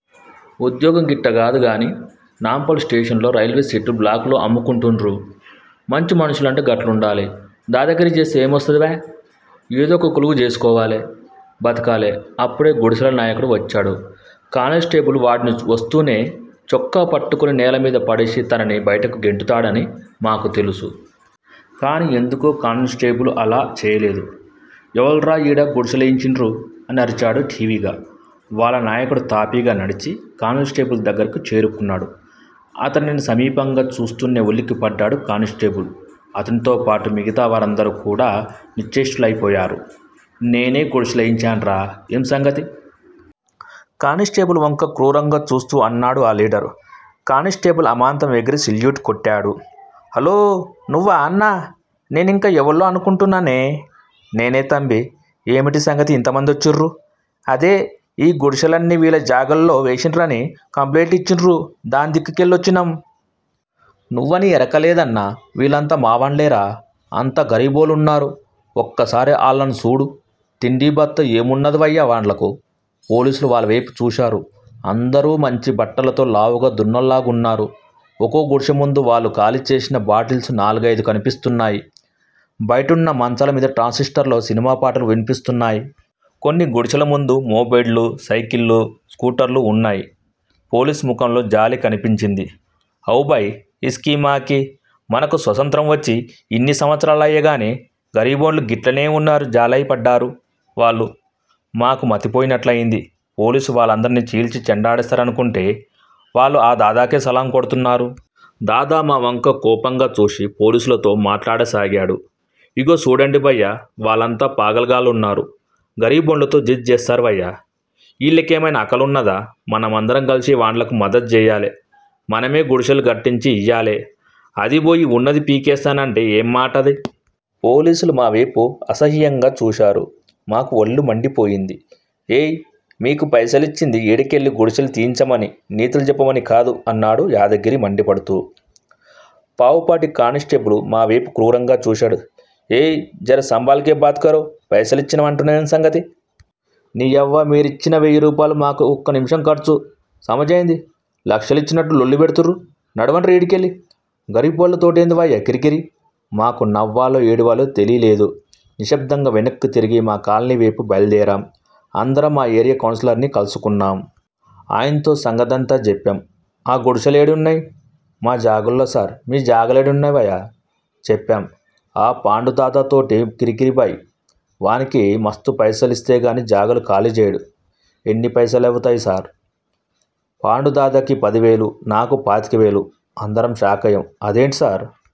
ఉద్యోగం గిట్టా కాదు గానీ నాంపల్లి స్టేషన్ లో రైల్వే సీట్లు బ్లాకులో అమ్ముకుంటున్రు! మంచి మనుషులంటే గట్లుండాలి! దాదాగిరి చేస్తే ఏమొస్తది వయా! ఏదొక కొలువు జేసుకోవాలె! బతకాలె! అప్పుడె గుడిసెల నాయకుడు వచ్చాడు. కానిస్టేబుల్ వాడిని వస్తూనే చొక్కా పట్టుకుని నేలమీద పడేసి తనని బయటకు గెంటుతాడని మాకు తెలుసు. కాని ఎందుకో కానిస్టేబుల్ అలా చేయలేదు. ఎవళ్ళురా ఈడ గుడిసెలేయించిన్రు? అనరిచాడు ఠీవిగా. వాళ్ళ నాయకుడు తాపీగా నడిచి కానిస్టేబుల్ దగ్గరకు చేరుకున్నాడు. అతనిని సమీపంగా చూస్తూనే ఉలిక్కిపడ్డాడు కానిస్టేబుల్ అతనితో పాటు మిగతా వారందరూ కూడా నిశ్చేష్టులయిపోయారు. నేనే గుడిసె లేయించాన్రా! ఏమ్ సంగతి? కానిస్టేబుల్ వంక క్రూరంగా చూస్తూ అన్నాడు ఆ లీడర్. కానిస్టేబుల్ అమాంతం ఎగిరి సెల్యూట్ కొట్టాడు. హలో! నువ్వా అన్నా! నేనింకా ఎవళ్ళో అనుకుంటున్నానే! నేనే తంబీ! ఏమిటి సంగతి ఇంతమంది వచ్చిన్రు? అదే! ఈ గుడిసెలన్నీ వీళ్ళ జాగాల్లో వేసిన్రని కంప్లెయింట్ ఇచ్చిన్రు! దాని దిక్కుకెళ్ళి వచ్చినాం! నువ్వని ఎరుకలేదన్నా వీళ్ళంతా మావాండ్లేరా! అంతా గరీబోళ్ళున్నారు. ఒక్కసారి ఆళ్ళను సూడు! తిండీ, బత్తా ఏమున్నదివయ్యా వాండ్లకు? పోలీసులు వాళ్ళవేపు చూశారు. అందరూ మంచి బట్టలతో లావుగా దున్నల్లాగున్నారు. ఒకో గుడిసె ముందూ వాళ్ళు ఖాళీ చేసిన బాటిల్స్ నాలుగయిదు కనిపిస్తున్నాయ్. బయటున్న మంచాల మీద ట్రాన్సిస్టర్లో సినిమా పాటలు వినిపిస్తున్నాయ్. కొన్ని గుడిసెల ముందు మోపెడ్లు, సైకిళ్ళు, స్కూటర్లు ఉన్నాయి. పోలీసు మొఖంలో జాలి కనిపించింది. అవ్ భయ్! ఇస్కీమాకీ- మనకు స్వతంత్రం వచ్చి ఇన్ని సంవత్సరాలాయెగానీ గరిబోండ్లు గిట్లనే ఉన్నారు జలైపడ్డారు వాళ్ళు. మాకు మతిపోయినట్లయింది. పోలీసులు వాళ్ళందర్నీ చీల్చి చెండాడేస్తారనుకుంటే వాళ్ళు ఆ దాదాకే సలాం కొడుతున్నారు. దాదా మా వంక కోపంగా చూసి పోలీసులతో మాట్లాడ సాగాడు. ఇగో సూడండి భయ్యా! వాళ్ళంతా పాగల్ గాళ్ళున్నారు! గరీబోండ్లతో జిద్ చేస్తారు వయ్యా? ఈళ్ళకేమయినా అకల్ ఉన్నదా? మనమందరం కలిసి వాండ్లకు మదద్ చేయాలె! మనమే గుడిసెలు కట్టించి ఇయ్యాలే! అదిపోయి ఉన్నది పీకేస్తానంటే ఏమ్మాటది? పోలీసులు మావేపు అసహ్యంగా చూశారు. మాకు వళ్ళు మండిపోయింది. ఏయ్! మీకు పైసిలిచ్చింది ఈడకెళ్ళి గుడిసెలు తీయించమని నీతులు చెప్పమని కాదు అన్నాడు యాదగిరి మండిపడుతూ. పావుపాటి కానిస్టేబుల్ మావేపు క్రూరంగా చూశాడు. ఏయ్! జర సంబాల్ కే బాత్ కరో! పైసలిచ్చినం అంటున్నావేం సంగతి? నీయవ్వ మీరిచ్చిన వెయ్యిరూపాయలు మాకు ఒక్క నిముషం ఖర్చు! సమజయింది? లక్షల ఇచ్చినట్లు లొల్లి పెడుతున్రు! నడవండ్రి ఈడకెళ్ళి! గరీబోళ్ల తోటేందివయ్యా కిరికిరి! మాకు నవ్వాలో ఏడవాలో తెలీలేదు. నిశ్శబ్దంగా వెనక్కు తిరిగి మా కాలనీ వేపు బయల్దేరాం. అందరం మా ఏరియా కౌన్సిలర్ ని కలుసుకున్నాం. ఆయన్తో సంగతంతా జెప్పాం. ఆ గుడిసెలు ఏడున్నాయ్? మా జగాల్లో సార్? మీ జగాలేడున్నయ్ వయా? చెప్పాం. ఆ పాండూదాదాతోటి కిరికిరి భాయ్. వానికి మస్తు పైసలిస్తేగానీ జగాలు ఖాళీ చేయడు ఎన్ని పైసలవుతయ్ సార్? పాండుదాదాకి పదివేలు! నాకు పాతికవేలు! అందరం షాకయ్యాం. అదేంటి సార్!